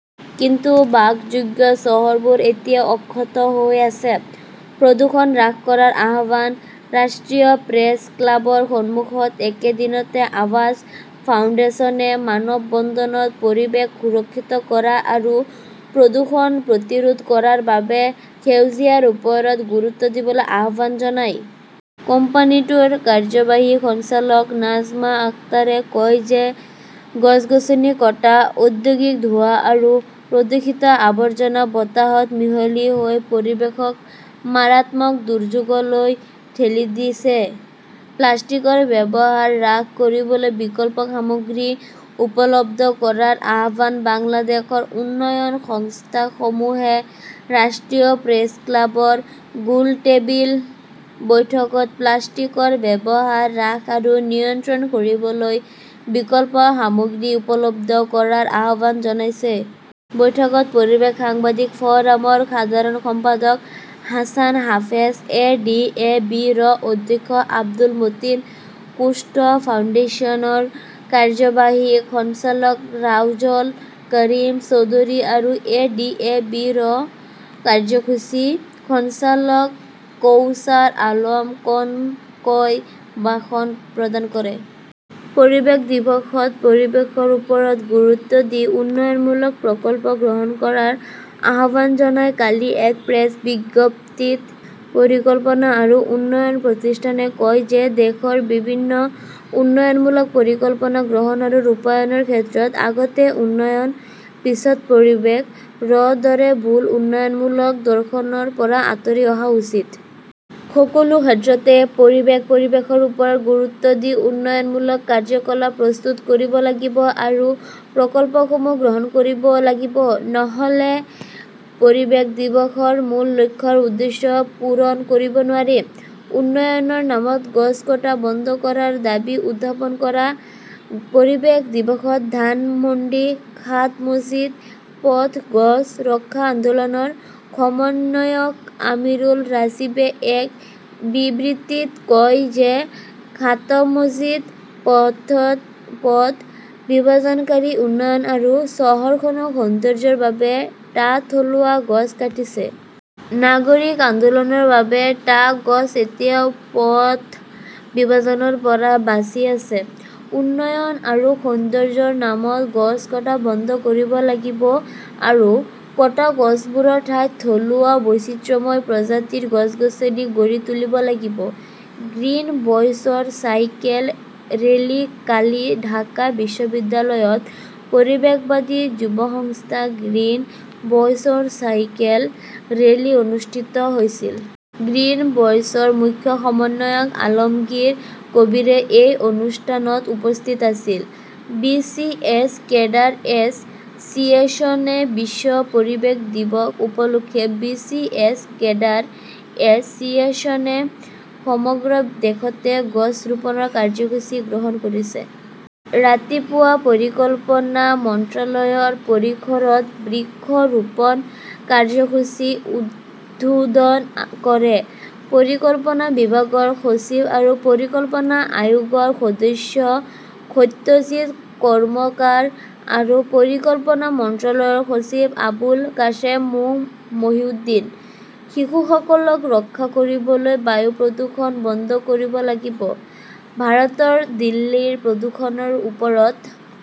কিন্তু বাসযোগ্য চহৰবোৰ এতিয়াও অক্ষত হৈ আছে। প্ৰদূষণ হ্ৰাস কৰাৰ আহ্বান ৰাষ্ট্ৰীয় প্ৰেছ ক্লাবৰ সন্মুখত একে দিনতে আৱাজ ফাউণ্ডেচনে মানৱ বন্ধনত পৰিৱেশ সুৰক্ষিত কৰা আৰু প্ৰদূষণ প্ৰতিৰোধ কৰাৰ বাবে সেউজীয়াৰ ওপৰত গুৰুত্ব দিবলৈ আহ্বান জনায়। কোম্পানীটোৰ কাৰ্যবাহী সঞ্চালক নাজমা আখতাৰে কয় যে গছ-গছনি কটা, ঔদ্যোগিক ধোঁৱা আৰু প্ৰদূষিত আৱৰ্জনা বতাহত মিহলি হৈ পৰিৱেশক মাৰাত্মক দুৰ্যোগলৈ ঠেলি দিছে। প্লাষ্টিকৰ ব্যৱহাৰ হ্ৰাস কৰিবলৈ বিকল্প সামগ্ৰী উপলব্ধ কৰাৰ আহ্বান বাংলাদেশৰ উন্নয়ন সংস্থাসমূহে ৰাষ্ট্ৰীয় প্ৰেছ ক্লাবৰ গোলটেবিল বৈঠকত প্লাষ্টিকৰ ব্যৱহাৰ হ্ৰাস আৰু নিয়ন্ত্ৰণ কৰিবলৈ বিকল্প সামগ্ৰী উপলব্ধ কৰাৰ আহ্বান জনাইছে। বৈঠকত পৰিৱেশ সাংবাদিক ফ "ৰামৰ সাধাৰণ সম্পাদক Hasan Hafez, A. D. A. B. -ৰ অধ্যক্ষ আব্দুল মতিন, কোষ্ট ফাউণ্ডেশ্যনৰ কাৰ্যবাহী সঞ্চালক ৰাজৌল কাৰিম চৌধুৰী আৰু এ. ডি. এ. বি. -ৰ কাৰ্যসূচী সঞ্চালক কৌচাৰ আলম কনকই ভাষণ প্ৰদান কৰে। পৰিৱেশ দিৱসত পৰিৱেশৰ ওপৰত গুৰুত্ব দি উন্নয়নমূলক প্ৰকল্প গ্ৰহণ কৰাৰ আহ্বান জনাই কালি এক প্ৰেছ বিজ্ঞপ্তিত পৰিকল্পনা আৰু উন্নয়ন প্ৰতিষ্ঠানে কয় যে দেশৰ বিভিন্ন উন্নয়নমূলক পৰিকল্পনা গ্ৰহণ আৰু ৰূপায়ণৰ ক্ষেত্ৰত 'আগতে উন্নয়ন, পিছত পৰিৱেশ "ৰ দৰে ভুল উন্নয়নমূলক দৰ্শনৰ পৰা আঁতৰি অহা উচিত। সকলো ক্ষেত্ৰতে পৰিৱেশ-পৰিৱেশৰ ওপৰত গুৰুত্ব দি উন্নয়নমূলক কাৰ্যকলাপ প্ৰস্তুত কৰিব লাগিব আৰু প্ৰকল্পসমূহ গ্ৰহণ কৰিব লাগিব। নহ "লে পৰিৱেশ দিৱসৰ মূল লক্ষ্য আৰু উদ্দেশ্য পূৰণ কৰিব নোৱাৰি। উন্নয়নৰ নামত গছ কটা বন্ধ কৰাৰ দাবী উত্থাপন কৰা পৰিৱেশ দিৱসত ধানমণ্ডী সাতমছিদ পথ গছ ৰক্ষা আন্দোলনৰ সমন্বয়ক আমিৰুল ৰাজীবে এক বিবৃতিত কয় যে সাতমছিদ পথত পথ বিভাজনকাৰী উন্নয়ন আৰু চহৰখনৰ সৌন্দৰ্য্যৰ বাবে টা থলুৱা গছ কাটিছে। নাগৰিক আন্দোলনৰ বাবে টা গছ এতিয়াও পথ বিভাজনৰ পৰা বাচি আছে। উন্নয়ন আৰু সৌন্দৰ্য্যৰ নামত গছ কটা বন্ধ কৰিব লাগিব আৰু কটা গছবোৰৰ ঠাইত থলুৱা বৈচিত্ৰ্যময় প্ৰজাতিৰ গছ-গছনি গঢ়ি তুলিব লাগিব। গ্ৰীণ ভইচৰ চাইকেল ৰেলী কালি ঢাকা বিশ্ববিদ্যালয়ত পৰিৱেশবাদী যুৱ সংস্থা গ্ৰীণ ভইচৰ চাইকেল ৰেলী অনুষ্ঠিত হৈছিল। গ্ৰীণ ভইচৰ মুখ্য সমন্বয়ক আলমগীৰ কবীৰে এই অনুষ্ঠানত উপস্থিত আছিল। বি. চি. এছ. কেডাৰ এছ "চিয়েশ্যনে বিশ্ব পৰিৱেশ দিৱস উপলক্ষে বি. চি. এছ. কেডাৰ এছ" চিয়েশ্যনে সমগ্ৰ দেশতে গছ ৰোপণৰ কাৰ্যসূচী গ্ৰহণ কৰিছে। ৰাতিপুৱা পৰিকল্পনা মন্ত্ৰালয়ৰ পৰিসৰত বৃক্ষ ৰোপণ কাৰ্যসূচী উদ্বোধন কৰে পৰিকল্পনা বিভাগৰ সচিব আৰু পৰিকল্পনা আয়োগৰ সদস্য সত্যজিৎ কৰ্মকাৰ আৰু পৰিকল্পনা মন্ত্ৰালয়ৰ সচিব আবুল কাশেম মো. মহিউদ্দিন। শিশুসকলক ৰক্ষা কৰিবলৈ বায়ু প্ৰদূষণ বন্ধ কৰিব লাগিব " ভাৰতৰ দিল্লীৰ প্ৰদূষণৰ ওপৰত